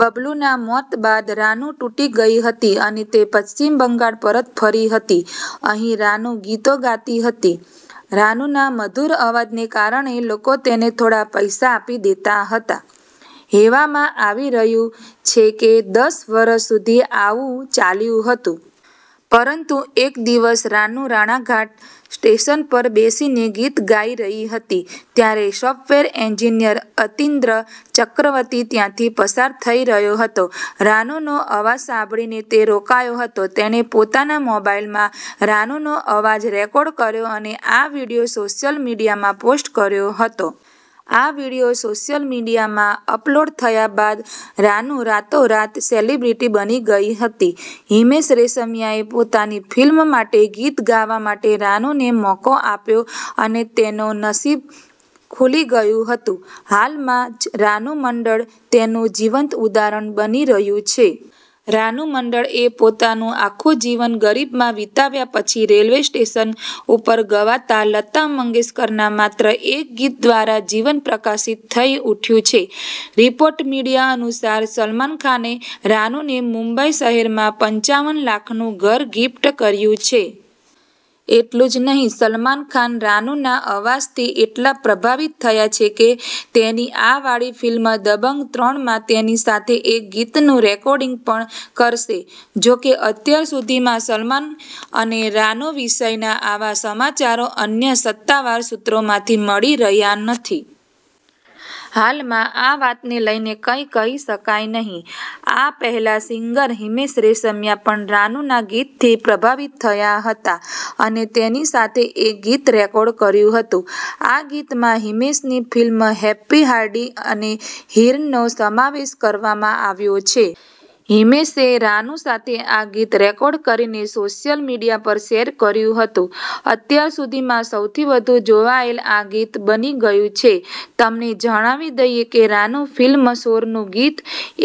બબલૂના મોત બાદ રાનૂ તૂટી ગઈ હતી અને તે પશ્ચિમ બંગાળ પરત ફરી હતી. અહીં રાનૂ ગીતો ગાતી હતી. રાનૂના મધુર અવાજને કારણે લોકો તેને થોડાં પૈસા આપી દેતા હતા. એવામા આવી રહ્યું છે કે દસ વર્ષ સુધી આવું ચાલ્યું હતું. પરંતુ એક દિવસ રાનૂ રાણાઘાટ સ્ટેશન પર બેસીને ગીત ગાઈ રહી હતી ત્યારે સોફ્ટવેર એન્જીનિયર અતિન્દ્ર ચક્રવર્તી ત્યાંથી પસાર થઈ રહ્યો હતો. રાનૂનો અવાજ સાંભળીને તે રોકાયો હતો. તેણે પોતાના મોબાઇલમાં રાનૂનો અવાજ રેકોર્ડ કર્યો અને આ વીડિયો સોશિયલ મીડિયામાં પોસ્ટ કર્યો હતો. આ વીડિયો સોશિયલ મીડિયામાં અપલોડ થયા બાદ રાનૂ રાતોરાત સેલિબ્રિટી બની ગઈ હતી. હિમેશ રેશમિયાએ પોતાની ફિલ્મ માટે ગીત ગાવા માટે રાનૂને મોકો આપ્યો અને તેનો નસિબ ખુલી ગયું હતું. હાલમાં જ રાનું મંડળ તેનું જીવંત ઉદાહરણ બની રહીયું છે. રાનુ મંડળ એ પોતાનું આખું જીવન ગરીબમાં વિતાવ્યા પછી રેલવે સ્ટેશન ઉપર ગવાતા લતા મંગેશકર ના માત્ર એક ગીત દ્વારા જીવન પ્રકાશિત થઇ ઉઠ્યું છે. રિપોર્ટ મીડિયા અનુસાર, સલમાન ખાને રાનુ ને મુંબઈ શહેરમાં પંચાવન લાખનું ઘર ગિફ્ટ કરીયું છે. એટલું જ નહીં સલમાન ખાન રાનુના અવાજ થી એટલા પ્રભાવિત થયા છે કે તેની આ વાળી ફિલ્મ દબંગ ત્રણમાં તેની સાથે એક ગીતનું રેકોર્ડિંગ પણ કરશે. જોકે અત્યાર સુધીમાં સલમાન અને રાનું વિષયના આવા સમાચારો અન્ય સત્તાવાર સુત્રોમાંથી મળી રહ્યા નથી. હાલમાં આ વાતને લઇને કંઇ કહી શકાય નહીં. આ પહેલા સિંગર હિમેશ રેશમિયા પણ રાનુના ગીત થી પ્રભાવિત થયા હતા અને તેની સાથે એક ગીત રેકોર્ડ કર્યું હતું. આ ગીતમાં હિમેશની ફિલ્મ હેપી હાર્ડી અને હીર નો સમાવેશ કરવામાં આવ્યો છે. હીમેશે રાનુ સાથે આ ગીત રેકોર્ડ કરીને સોશિયલ મીડિયા પર શેર કર્યું હતું. અત્યાર સુધીમાં સૌથી વધુ જોવાયેલ આ ગીત બની ગયું છે. તમને જણાવી દઇએ કે રાનું ફિલ્મ શોર નું ગીત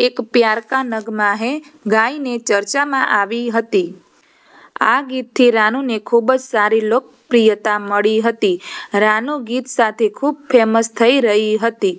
'એક પ્યાર કા નગમાં હૈ' ગાઈને ચર્ચામાં આવી હતી. આ ગીત થી રાનુ ને ખૂબ જ સારી લોકપ્રિયતા મળી હતી. રાનુ ગીત સાથે ખૂબ ફેમસ થઈ રહી હતી.